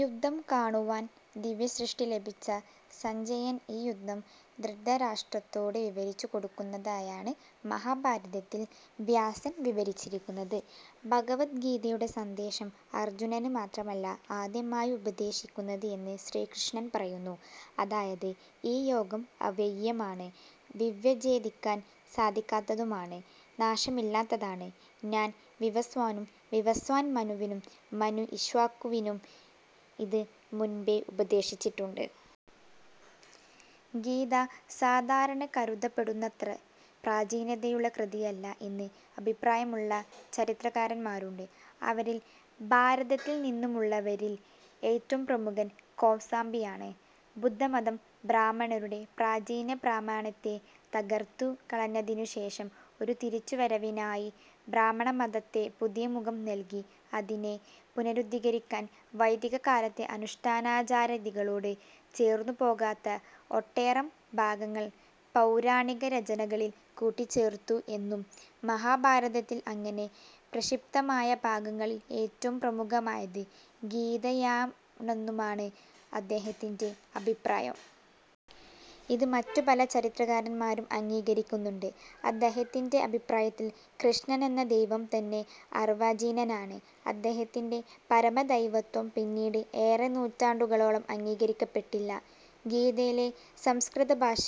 യുദ്ധം കാണുവാൻ ദിവ്യദൃഷ്ടി ലഭിച്ച സഞ്ജയൻ ഈ യുദ്ധം ധൃതരാഷ്ട്രരോട് വിവരിച്ചു കൊടുക്കുന്നതായാണ് മഹാഭാരതത്തിൽ വ്യാസൻ വിവരിച്ചിരിക്കുന്നത്. ഭഗവദ്ഗീതയുടെ സന്ദേശം അർജ്ജുനന് മാത്രമല്ല ആദ്യമായി ഉപദേശിക്കുന്നത് എന്ന് ശ്രീകൃഷ്ണൻ പറയുന്നു. അതായത് ഈ യോഗം അവ്യയമാണ്, വ്യവച്ഛേദിക്കാൻ സാധിക്കാത്തതുമാണ്, നാശമില്ലാത്തതാണ്. ഞാൻ വിവസ്വാനും, വിവസ്വാൻ മനുവിനും മനു ഇക്ഷ്വാകു വിനും ഇത് മുൻപേ ഉപദേശിച്ചിട്ടുണ്ട്. ഗീത സാധാരണ കരുതപ്പെടുന്നത്ര പ്രാചീനതയുള്ള കൃതിയല്ല എന്ന് അഭിപ്രായമുള്ള ചരിത്രകാരന്മാരുണ്ട്. അവരിൽ ഭാരതത്തിൽ നിന്നുള്ളവരിൽ ഏറ്റവും പ്രമുഖൻ കോസാംബിയാണ്. ബുദ്ധമതം ബ്രാഹ്മണരുടെ പ്രാചീനപ്രാമാണ്യത്തെ തകർത്തു കളഞ്ഞതിനുശേഷം ഒരു തിരിച്ചു വരവിനായി ബ്രാഹ്മണമതത്തെ പുതിയ മുഖം നൽകി അതിനെ പുനരുദ്ധരിക്കാൻ വൈദികകാലത്തെ അനുഷ്ഠാനാചാരാദികളോട് ചേർന്നു പോകാത്ത ഒട്ടേറെ ഭാഗങ്ങൾ പൗരാണിക രചനകളിൽ കൂട്ടിച്ചേർത്തു എന്നും മഹാഭാരത്തിൽ അങ്ങനെ പ്രക്ഷിപ്തമായ ഭാഗങ്ങളിൽ ഏറ്റവും പ്രമുഖമായത് ഗീതയാണെന്നുമാണു അദ്ദേഹത്തിന്റെ അഭിപ്രായം. ഇത് മറ്റു പല ചരിത്രകാരന്മാരും അംഗീകരിക്കുന്നുണ്ട്. അദ്ദേഹത്തിന്റെ അഭിപ്രായത്തിൽ, കൃഷ്ണനെന്ന ദൈവം തന്നെ അർവ്വാചീനനാണ്. അദ്ദേഹത്തിന്റെ പരമദൈവത്വം പിന്നീട് ഏറെ നൂറ്റാണ്ടുകളോളം അംഗീകരിക്കപ്പെട്ടില്ല. ഗീതയിലെ സംസ്കൃത ഭാഷ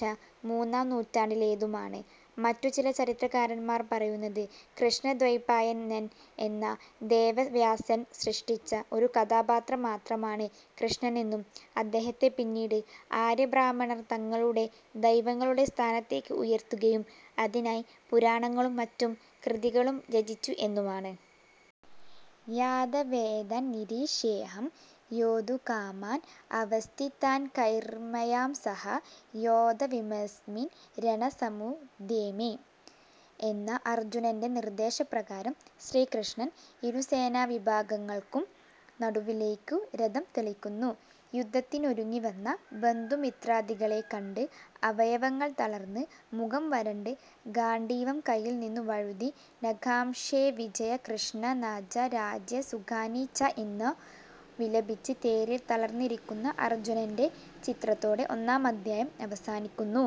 മൂന്നാം നൂറ്റാണ്ടിലേതുമാണ്. മറ്റു ചില ചരിത്രകാരന്മാർ പറയുന്നത് കൃഷ്ണദ്വൈപായനൻ എന്ന വേദവ്യാസൻ സൃഷ്ടിച്ച ഒരു കഥാപാത്രം മാത്രമാണ് കൃഷ്ണനെന്നും അദ്ദേഹത്തെ പിന്നീട് ആര്യബ്രാഹ്മണർ തങ്ങളുടെ ദൈവങ്ങളുടെ സ്ഥാനത്തേക്ക് ഉയർത്തുകയും അതിനായി പുരാണങ്ങളും മറ്റു കൃതികളും രചിച്ചു എന്നുമാണ്. യാദവേതാൻ നിരീക്ഷ്യേഹം യോദ്ധുകാമാൻ അവസ്ഥിതാൻകൈർമയാ സഹ യോദ്ധവ്യമസ്മിൻ രണസമുദ്യമേ. എന്ന അർജ്ജുനന്റെ നിർദ്ദേശപ്രകാരം ശ്രീകൃഷ്ണൻ ഇരുസേനാവിഭാഗങ്ങൾക്കും നടുവിലേയ്ക്കു രഥം തെളിയ്ക്കുന്നു. യുദ്ധത്തിനൊരുങ്ങിവന്ന ബന്ധുമിത്രാദികളെ കണ്ട് അവയവങ്ങൾ തളർന്ന്, മുഖം വരണ്ട്, ഗാണ്ഡീവം കൈയിൽന്നിന്നു വഴുതി, ന കാംക്ഷേ വിജയം കൃഷ്ണ ന ച രാജ്യം സുഖാനി ച എന്നു വിലപിച്ച് തേരിൽ തളർന്നിരിയ്ക്കുന്ന അർജ്ജുനന്റെ ചിത്രത്തോടെ ഒന്നാമദ്ധ്യായം അവസാനിയ്ക്കുന്നു.